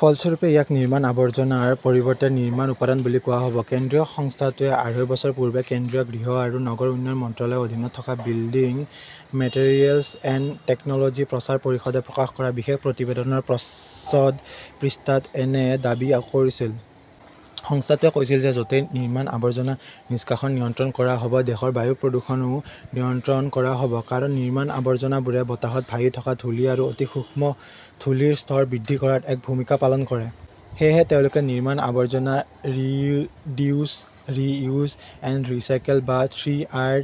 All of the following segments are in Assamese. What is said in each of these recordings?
ফলস্বৰূপে, ইয়াক নিৰ্মাণ-আৱৰ্জনাৰ পৰিৱৰ্তে নিৰ্মাণ-উপাদান বুলি কোৱা হ'ব। কেন্দ্ৰীয় সংস্থাটোৱে আঢ়ৈ বছৰ পূৰ্বে কেন্দ্ৰীয় গৃহ আৰু নগৰ উন্নয়ন মন্ত্ৰালয়ৰ অধীনত থকা বিল্ডিং মেটেৰিয়েলছ এণ্ড টেকন'লজি প্ৰচাৰ পৰিষদে প্ৰকাশ কৰা বিশেষ প্ৰতিবেদনৰ প্ৰচ্ছদ পৃষ্ঠাত এনে দাবী কৰিছিল। সংস্থাটোৱে কৈছিল যে য'তেই নিৰ্মাণ-আৱৰ্জনা নিষ্কাশন নিয়ন্ত্ৰণ কৰা হ'ব, দেশৰ বায়ু প্ৰদূষণও নিয়ন্ত্ৰণ কৰা হ'ব। কাৰণ, নিৰ্মাণ আৱৰ্জনাবোৰে বতাহত ভাহি থকা ধূলি আৰু অতি সূক্ষ্ম ধূলিৰ স্তৰ বৃদ্ধি কৰাত এক ভূমিকা পালন কৰে। সেয়েহে তেওঁলোকে নিৰ্মাণ-আৱৰ্জনা ৰিডিউছ, ৰি-ইউজ এণ্ড ৰাইচিকেল বা থ্ৰী আৰ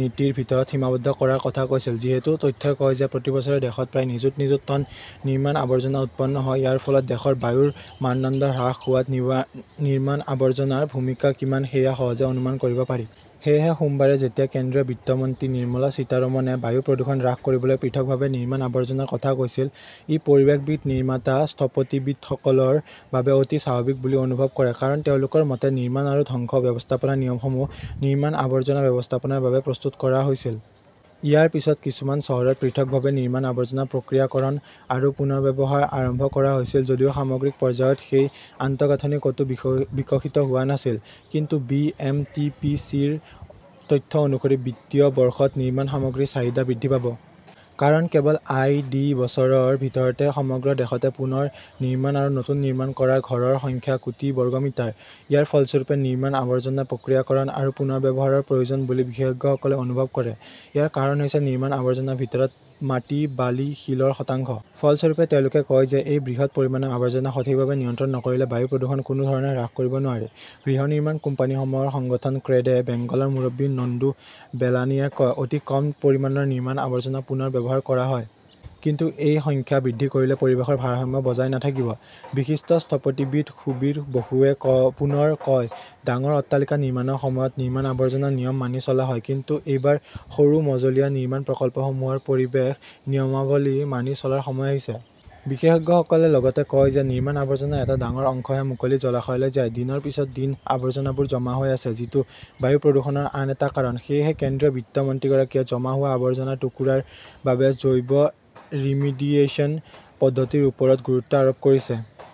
নীতিৰ ভিতৰত সীমাবদ্ধ কৰাৰ কথা কৈছিল। যিহেতু তথ্যই কয় যে প্ৰতি বছৰে দেশত প্ৰায় নিযুত নিযুত টন নিৰ্মাণ-আৱৰ্জনা উৎপন্ন হয়। ইয়াৰ ফলত দেশৰ বায়ুৰ মানদণ্ড হ্ৰাস হোৱাত নিৰ্মাণ-আৱৰ্জনাৰ ভূমিকা কিমান সেয়া সহজে অনুমান কৰিব পাৰি। সেয়েহে সোমবাৰে যেতিয়া কেন্দ্ৰীয় বিত্ত মন্ত্ৰী নিৰ্মলা সীতাৰমণে বায়ু প্ৰদূষণ হ্ৰাস কৰিবলৈ পৃথকভাৱে নিৰ্মাণ-আৱৰ্জনাৰ কথা কৈছিল, ই পৰিৱেশবিদ-নিৰ্মাতা-স্থপতিবিদসকলৰ বাবে অতি স্বাভাৱিক বুলি অনুভৱ কৰে। কাৰণ তেওঁলোকৰ মতে, নিৰ্মাণ আৰু ধ্বংস ব্যৱস্থাপনা নিয়মসমূহ, নিৰ্মাণ-আৱৰ্জনা ব্যৱস্থাপনাৰ বাবে প্ৰস্তুত কৰা হৈছিল। ইয়াৰ পিছত কিছুমান চহৰত পৃথকভাৱে নিৰ্মাণ আৱৰ্জনা প্ৰক্ৰিয়াকৰণ আৰু পুনৰ্ব্যৱহাৰ আৰম্ভ কৰা হৈছিল যদিও সামগ্ৰিক পৰ্যায়ত সেই আন্তঃগাঁথনি ক'তো বিকশিত হোৱা নাছিল। কিন্তু B. M. T. P. C. -ৰ তথ্য অনুসৰি বিত্তীয় বৰ্ষত নিৰ্মাণ সামগ্ৰীৰ চাহিদা বৃদ্ধি পাব। কাৰণ, কেৱল আই. ডি. বছৰৰ ভিতৰতে সমগ্ৰ দেশতে পুনৰ নিৰ্মাণ আৰু নতুন নিৰ্মাণ কৰা ঘৰৰ সংখ্যা কোটি বৰ্গ মিটাৰ! ইয়াৰ ফলস্বৰূপে নিৰ্মাণ আৱৰ্জনাৰ প্ৰক্ৰিয়াকৰণ আৰু পুনৰ্ব্যৱহাৰৰ প্ৰয়োজন বুলি বিশেষজ্ঞসকলে অনুভৱ কৰে। ইয়াৰ কাৰণ হৈছে নিৰ্মাণ-আৱৰ্জনাৰ ভিতৰত মাটি, বালি, শিলৰ শতাংশ। ফলস্বৰূপে, তেওঁলোকে কয় যে এই বৃহৎ পৰিমাণৰ আৱৰ্জনা সঠিকভাৱে নিয়ন্ত্ৰণ নকৰিলে বায়ু প্ৰদূষণ কোনো ধৰণে হ্ৰাস কৰিব নোৱাৰি। গৃহ নিৰ্মাণ কোম্পানীসমূহৰ সংগঠন ক্ৰেডে বেংগলৰ মুৰব্বী নন্দু বেলানীয়ে কয়, অতি কম পৰিমাণৰ নিৰ্মাণ-আৱৰ্জনা পুনৰ ব্যৱহাৰ কৰা হয়। কিন্তু এই সংখ্যা বৃদ্ধি কৰিলে পৰিৱেশৰ ভাৰসাম্য বজাই নাথাকিব। বিশিষ্ট স্থপতিবিদ সুবীৰ বসুৱে কয় পুনৰ কয়, ডাঙৰ অট্টালিকা নিৰ্মাণৰ সময়ত নিৰ্মাণ-আৱৰ্জনা নিয়ম মানি চলা হয়। কিন্তু এইবাৰ সৰু-মজলীয়া নিৰ্মাণ প্ৰকল্পসমূহৰ পৰিৱেশ নিয়মাৱলী মানি চলাৰ সময় আহিছে। বিশেষজ্ঞসকলে লগতে কয় যে নিৰ্মাণ-আৱৰ্জনাৰ এটা ডাঙৰ অংশহে মুকলি জলাশয়লৈ যায়। দিনৰ পিছত দিন আৱৰ্জনাবোৰ জমা হৈ আছে। যিটো বায়ু প্ৰদূষণৰ আন এটা কাৰণ। সেয়েহে কেন্দ্ৰীয় বিত্ত মন্ত্ৰীগৰাকীয়ে জমা হোৱা আৱৰ্জনাৰ টুকুৰা ৰ বাবে জৈৱ-ৰিমিডিয়েচন পদ্ধতিৰ ওপৰত গুৰুত্ব আৰোপ কৰিছে।